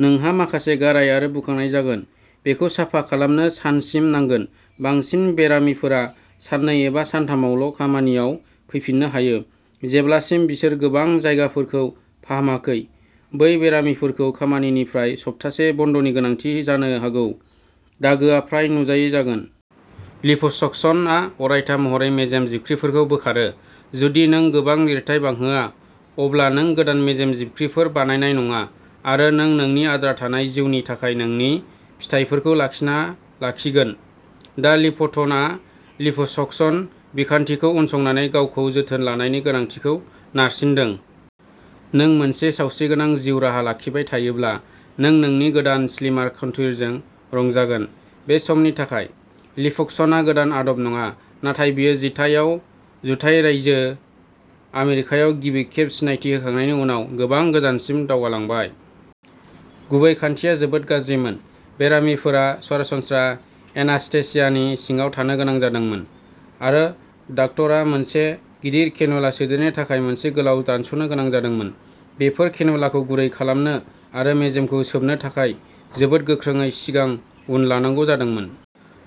नोंहा माखासे गाराय आरो बुखांनाय जागोन; बेखौ साफा खालामनो सानसिम नांगोन। बांसिन बेरामिफोरा साननै एबा सानथामावल'खामानियाव फैफिननो हायो, जेब्लासिम बिसोर गोबां जायगाफोरखौ फाहामाखै। बै बेरामिफोरखौ खामानिनिफ्राय सप्तासे बन्दनि गोनांथि जानो हागौ। दागोआ फ्राय नुजायै जागोन। लिप'सकसनआ अरायथा महरै मेजेम जिबख्रिफोरखौ बोखारो। जुदि नों गोबां लिरथाय बांहोआ, अब्ला नों गोदान मेजेम जिबख्रिफोर बानायनाय नङा आरो नों नोंनि आद्रा थानाय जिउनि थाखाय नोंनि फिथायफोरखौ लाखिना लाखिगोन। डा. लिपटनआ लिप'सकसन बिखान्थिखौ उनसंनानै गावखौ जोथोन लानायनि गोनांथिखौ नारसिनदों। नों मोनसे सावस्रिगोनां जिउ राहा लाखिबाय थायोब्ला, नों नोंनि गोदान स्लिमार कनट्युरजों रंजागोन। बे समनि थाखाय। लिप'सक्सनआ गोदान आदब नङा, नाथाय बेयो जिथाइयाव जुथाइ रायजो आमेरिकायाव गिबि खेब सिनायथि होखांनायनि उनाव गोबां गोजानसिम दावगालांबाय। गुबै खान्थिया जोबोद गाज्रिमोन। बेरामिफोरा सरासनस्रा एनास्थेसियानि सिङाव थानो गोनां जादोंमोन, आरो डाक्ट'रा मोनसे गिदिर केनुला सोदेरनो थाखाय मोनसे गोलाव दानस'नो गोनां जादोंमोन। बेफोर केनुलाखौ गुरै खालामनो आरो मेजेमखौ सोबनो थाखाय जोबोद गोख्रोङै सिगां-उन लांनांगौ जादोंमोन।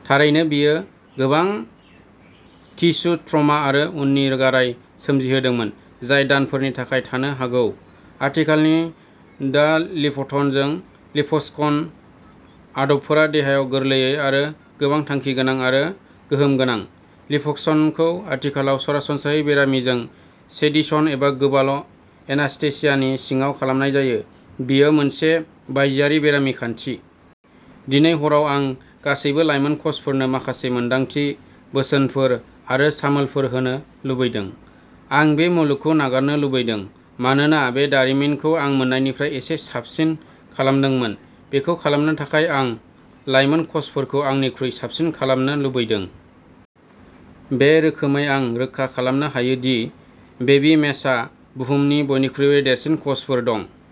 थारैनो, बेयो गोबां टिस्यु ट्रमा आरो उननि गाराय सोमजिहोदोंमोन जाय दानफोरनि थाखाय थानो हागौ। आथिखालनि डॉ. लिप्टनजों लिप'सक्सन आदबफोरा देहायाव गोरलै आरो गोबां थांखिगोनां आरो गोहोम गोनां। लिप'सक्सनखौ आथिखालाव सरासनस्रायै बेरामिजों सेडेशन एबा "गोबाल'" एनास्थेसियानि सिङाव खालामनाय जायो; बेयो मोनसे बायजोआरि बेरामि खान्थि। दिनै हराव आं गासैबो लाइमोन कचफोरनो माखासे मोनदांथि, बोसोनफोर आरो सामोलफोर होनो लुबैदों। आं बे मुलुगखौ नागारनो लुबैदों, मानोना बे दारिमिनखौ आं मोन्नायनिफ्राय एसे साबसिन खालामदोंमोन। बेखौ खालामनो थाखाय आं लाइमोन कचफोरखौ आंनिख्रुइ साबसिन खालामनो लुबैदों। बे रोखोमै आं रोखा खालामनो हायो दि बेबी मेशहा बुहुमनि बयनिख्रुइबो देरसिन कचफोर दं।